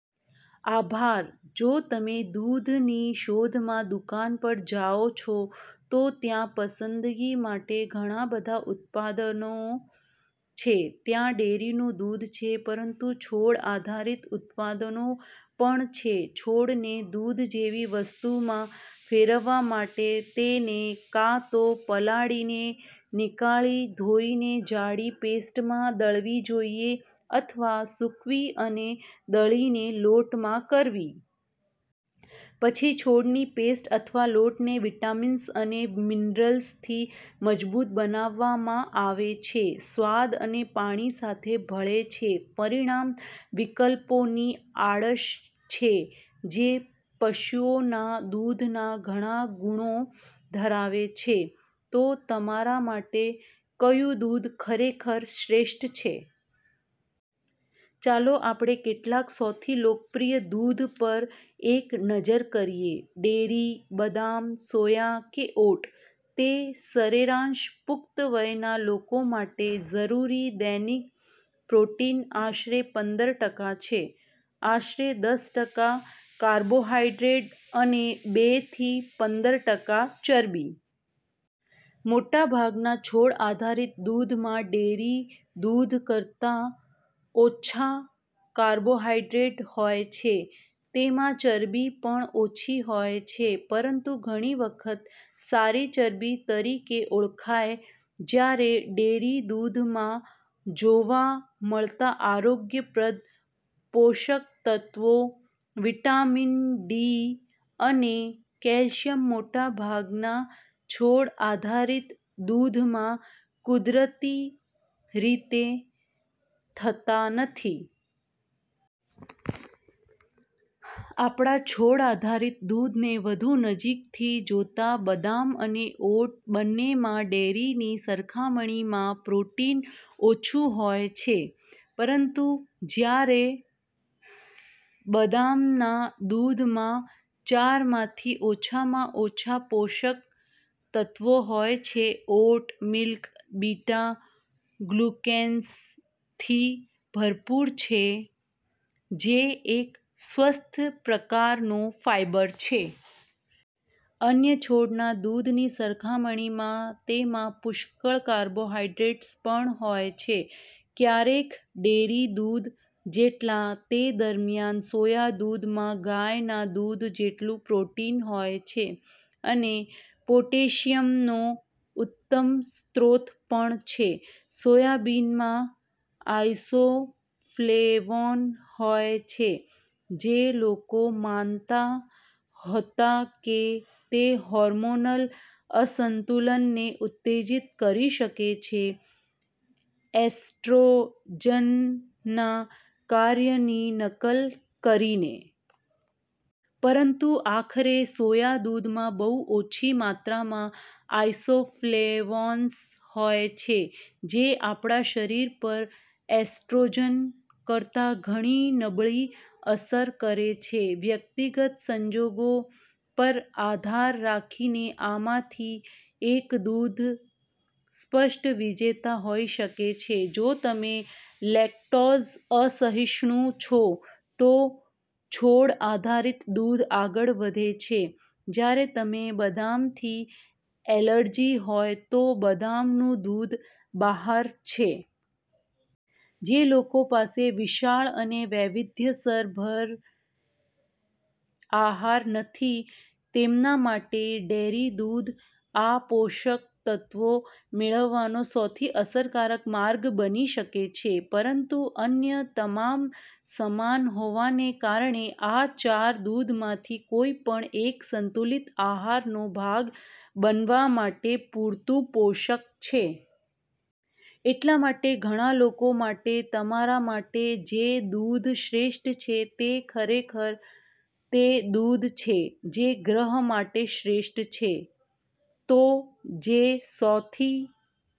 આભાર. જો તમે દૂધની શોધમાં દુકાન પર જાઓ છો, તો ત્યાં પસંદગી માટે ઘણા બધા ઉત્પાદનો છે. ત્યાં ડેરીનું દૂધ છે, પરંતુ છોડ આધારિત ઉત્પાદનો પણ છે. છોડને દૂધ જેવી વસ્તુમાં ફેરવવા માટે, તેને કાં તો પલાળીને, નીકાળી, ધોઈને જાડી પેસ્ટમાં દળવી જોઈએ, અથવા સૂકવી, અને દળીને લોટમાં કરવી. પછી છોડની પેસ્ટ અથવા લોટને વિટામિન્સ અને મિનરલ્સથી મજબૂત બનાવવામાં આવે છે, સ્વાદ, અને પાણી સાથે ભળે છે. પરિણામ વિકલ્પોની આડશ છે જે પશુઓના દૂધના ઘણા ગુણો ધરાવે છે. તો તમારા માટે કયું દૂધ ખરેખર શ્રેષ્ઠ છે? ચાલો આપણે કેટલાક સૌથી લોકપ્રિય દૂધ પર એક નજર કરીએ: ડેરી, બદામ, સોયા કે ઓટ? તે સરેરાશ પુખ્ત વયના લોકો માટે જરૂરી દૈનિક પ્રોટીન આશરે પંદર ટકા છે, આશરે દસ ટકા કાર્બોહાઈડ્રેટ અને બે થી પંદર ટકા ચરબી. મોટાભાગના છોડ આધારિત દૂધમાં ડેરી દૂધ કરતાં ઓછા કાર્બોહાઇડ્રેટ હોય છે. તેમાં ચરબી પણ ઓછી હોય છે, પરંતુ ઘણી વખત "સારી ચરબી" તરીકે ઓળખાય. જ્યારે, ડેરી દૂધમાં જોવા મળતા આરોગ્યપ્રદ પોષક તત્વો વિટામિન ડી અને કેલ્શિયમ મોટાભાગના છોડ આધારિત દૂધમાં કુદરતી રીતે થતા નથી. આપણા છોડ આધારિત દૂધને વધુ નજીકથી જોતાં, બદામ અને ઓટ બંનેમાં ડેરીની સરખામણીમાં પ્રોટીન ઓછું હોય છે. પરંતુ જ્યારે બદામના દૂધમાં ચારમાંથી ઓછામાં ઓછા પોષક તત્વો હોય છે, ઓટ મિલ્ક બીટા-ગ્લુકેન્સથી ભરપૂર છે, જે એક સ્વસ્થ પ્રકારનો ફાઇબર છે. અન્ય છોડના દૂધની સરખામણીમાં તેમાં પુષ્કળ કાર્બોહાઇડ્રેટ્સ પણ હોય છે- ક્યારેક ડેરી દૂધ જેટલા. તે દરમિયાન, સોયા દૂધમાં ગાયના દૂધ જેટલું પ્રોટીન હોય છે અને પોટેશિયમનો ઉત્તમ સ્ત્રોત પણ છે. સોયાબીનમાં આઇસોફ્લેવોન હોય છે, જે લોકો માનતા હતા કે, તે હોર્મોનલ અસંતુલનને ઉત્તેજિત કરી શકે છે એસ્ટ્રોજનના કાર્યની નકલ કરીને. પરંતુ આખરે, સોયા દૂધમાં બહુ ઓછી માત્રામાં આઇસોફ્લેવોન્સ હોય છે, જે આપણા શરીર પર એસ્ટ્રોજન કરતાં ઘણી નબળી અસર કરે છે. વ્યક્તિગત સંજોગો પર આધાર રાખીને, આમાંથી એક દૂધ સ્પષ્ટ વિજેતા હોઈ શકે છે: જો તમે લેક્ટોઝ અસહિષ્ણુ છો, તો છોડ આધારિત દૂધ આગળ વધે છે, જ્યારે તમને બદામથી એલર્જી હોય, તો બદામનું દૂધ બહાર છે. જે લોકો પાસે વિશાળ અને વૈવિધ્યસભર આહાર નથી, તેમના માટે ડેરી દૂધ, આ પોષક તત્વો મેળવવાનો સૌથી અસરકારક માર્ગ બની શકે છે પરંતુ અન્ય તમામ સમાન હોવાને કારણે, આ ચાર દૂધમાંથી કોઈપણ એક સંતુલિત આહારનો ભાગ બનવા માટે પૂરતું પોષક છે. એટલા માટે ઘણા લોકો માટે, તમારા માટે જે દૂધ શ્રેષ્ઠ છે તે ખરેખર તે દૂધ છે જે ગ્રહ માટે શ્રેષ્ઠ છે. તો જે સૌથી